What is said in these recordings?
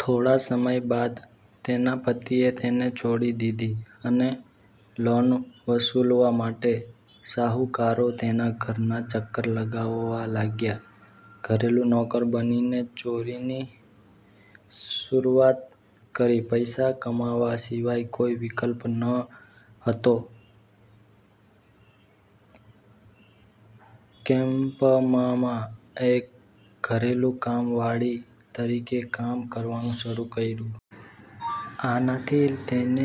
થોડા સમય બાદ તેના પતિએ તેને છોડી દીધી અને લોન વસૂલવા માટે શાહુકારો તેના ઘરના ચક્કર લગાવવા લાગ્યા. ઘરેલુ નોકર બનીને ચોરીની શરૂઆત કરી, પૈસા કમાવા સિવાય કોઈ વિકલ્પ ન હતો, કેમ્પમ્માએ ઘરેલુ કામવાળી તરીકે કામ કરવાનું શરૂ કર્યું. આનાથી તેને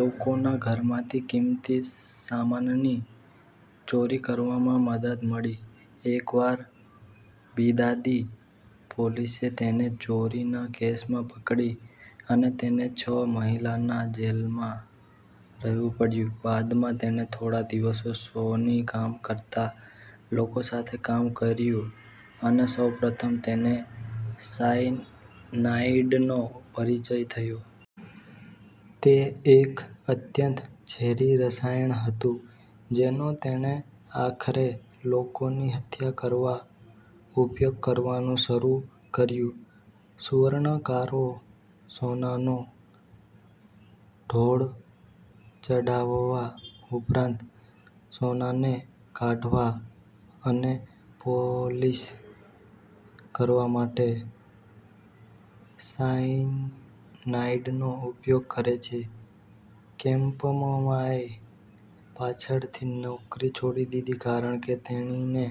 લોકોના ઘરમાંથી કિંમતી સામાનની ચોરી કરવામાં મદદ મળી. એકવાર બિદાદી પોલીસે તેને ચોરીના કેસમાં પકડી અને તેને છ મહિના જેલમાં રહેવું પડ્યું. બાદમાં તેણે થોડા દિવસો સોની કામ કરતા લોકો સાથે કામ કર્યું અને સૌપ્રથમ તેને સાયનાઈડનો પરિચય થયો. તે એક અત્યંત ઝેરી રસાયણ હતું, જેનો તેણે આખરે લોકોની હત્યા કરવા ઉપયોગ કરવાનું શરૂ કર્યું. સુવર્ણકારો સોનાનો ઢોળ ચઢાવવા ઉપરાંત, સોનાને કાઢવા અને પોલિશ કરવા માટે સાયનાઇડનો ઉપયોગ કરે છે. કેમ્પમ્માએ પાછળથી નોકરી છોડી દીધી કારણ કે, તેણીને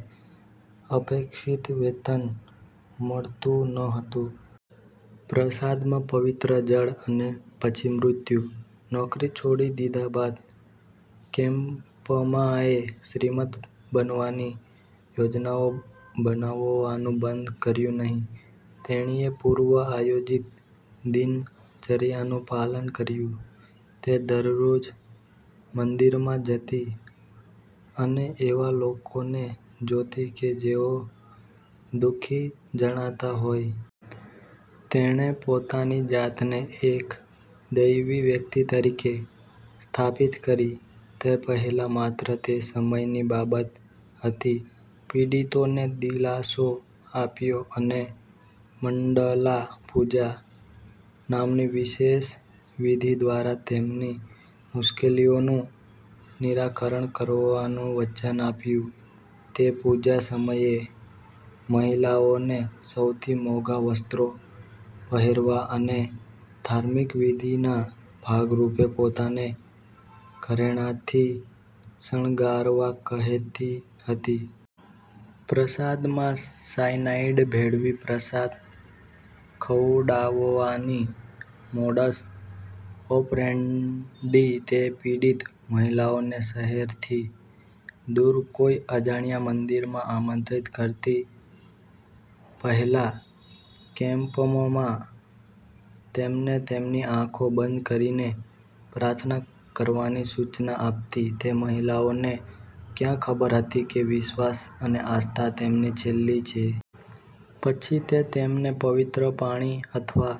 અપેક્ષિત વેતન મળતું ન હતું. પ્રસાદમાં પવિત્ર જળ અને પછી મૃત્યુ. નોકરી છોડી દીધા બાદ, કેમ્પમ્માએ શ્રીમંત બનવાની યોજનાઓ બનાવવાનું બંધ કર્યું નહીં. તેણીએ પૂર્વ આયોજિત દિનચર્યાનું પાલન કર્યું. તે દરરોજ મંદિરમાં જતી અને એવા લોકોને જોતી કે જેઓ દુઃખી જણાતા હોય. તેણે પોતાની જાતને એક દૈવી વ્યક્તિ તરીકે સ્થાપિત કરી, તે પહેલાં માત્ર તે સમયની બાબત હતી. પીડિતોને દિલાસો આપ્યો અને 'મંડલા પૂજા' નામની વિશેષ વિધિ દ્વારા તેમની મુશ્કેલીઓનું નિરાકરણ કરવાનું વચન આપ્યું. તે પૂજા સમયે મહિલાઓને સૌથી મોંઘા વસ્ત્રો પહેરવા અને ધાર્મિક વિધિના ભાગરૂપે પોતાને ઘરેણાંથી શણગારવા કહેતી હતી. પ્રસાદમાં સાયનાઈડ ભેળવી પ્રસાદ ખવડાવવાની મોડસ ઓપરેન્ડી તે પીડિત મહિલાઓને શહેરથી દુર કોઈ અજાણ્યા મંદિરમાં આમંત્રિત કરતી, પહેલા કેમ્પમ્મા તેમને તેમની આંખો બંધ કરીને પ્રાર્થના કરવાની સૂચના આપતી. તે મહિલાઓને ક્યાં ખબર હતી કે વિશ્વાસ અને આસ્થા તેમની છેલ્લી છે. પછી તે તેમને "પવિત્ર પાણી" અથવા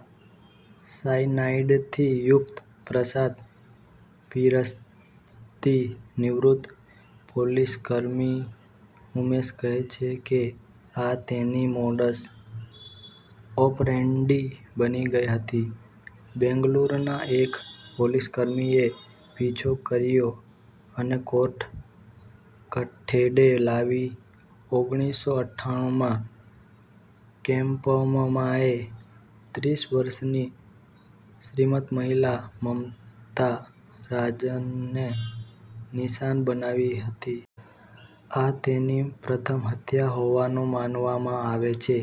સાઇનાઇડથી યુક્ત પ્રસાદ પીરસતી. નિવૃત્ત પોલીસકર્મી ઉમેશ કહે છે કે, આ તેની મોડસ ઓપરેન્ડી બની ગઈ હતી. બેંગલુરુના એક પોલીસકર્મીએ પીછો કર્યો અને કોર્ટ કઠેડે લાવી ઓગણીસસો અઠ્ઠાનુંમાં કેમ્પમ્માએ ત્રીસ વર્ષની શ્રીમંત મહિલા મમતા રાજનને નિશાન બનાવી હતી. આ તેની પ્રથમ હત્યા હોવાનું માનવામાં આવે છે.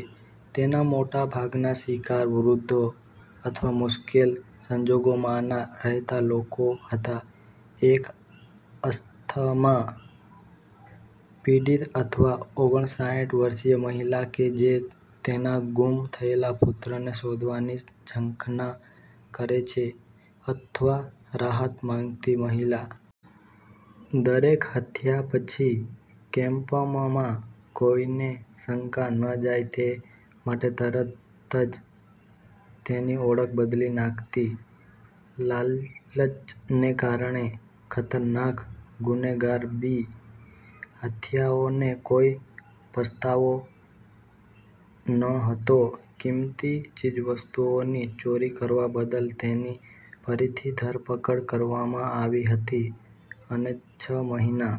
તેના મોટા ભાગના શિકાર, વૃદ્ધો અથવા મુશ્કેલ સંજોગોમાંના રહેતા લોકો હતા. એક અસ્થમા પીડિત અથવા ઓગણસાઠ વર્ષીય મહિલા કે જે તેના ગુમ થયેલા પુત્રને શોધવાની ઝંખના કરે છે, અથવા રાહત માંગતી મહિલા. દરેક હત્યા પછી, કેમ્પમ્મા કોઈને શંકા ન જાય તે માટે તરત જ તેની ઓળખ બદલી નાખતી. લાલચને કારણે ખતરનાક ગુનેગાર બી, હત્યાઓનો કોઈ પસ્તાવો નહોતો, કીમતી ચીજવસ્તુઓની ચોરી કરવા બદલ તેની ફરીથી ધરપકડ કરવામાં આવી હતી અને છ મહિના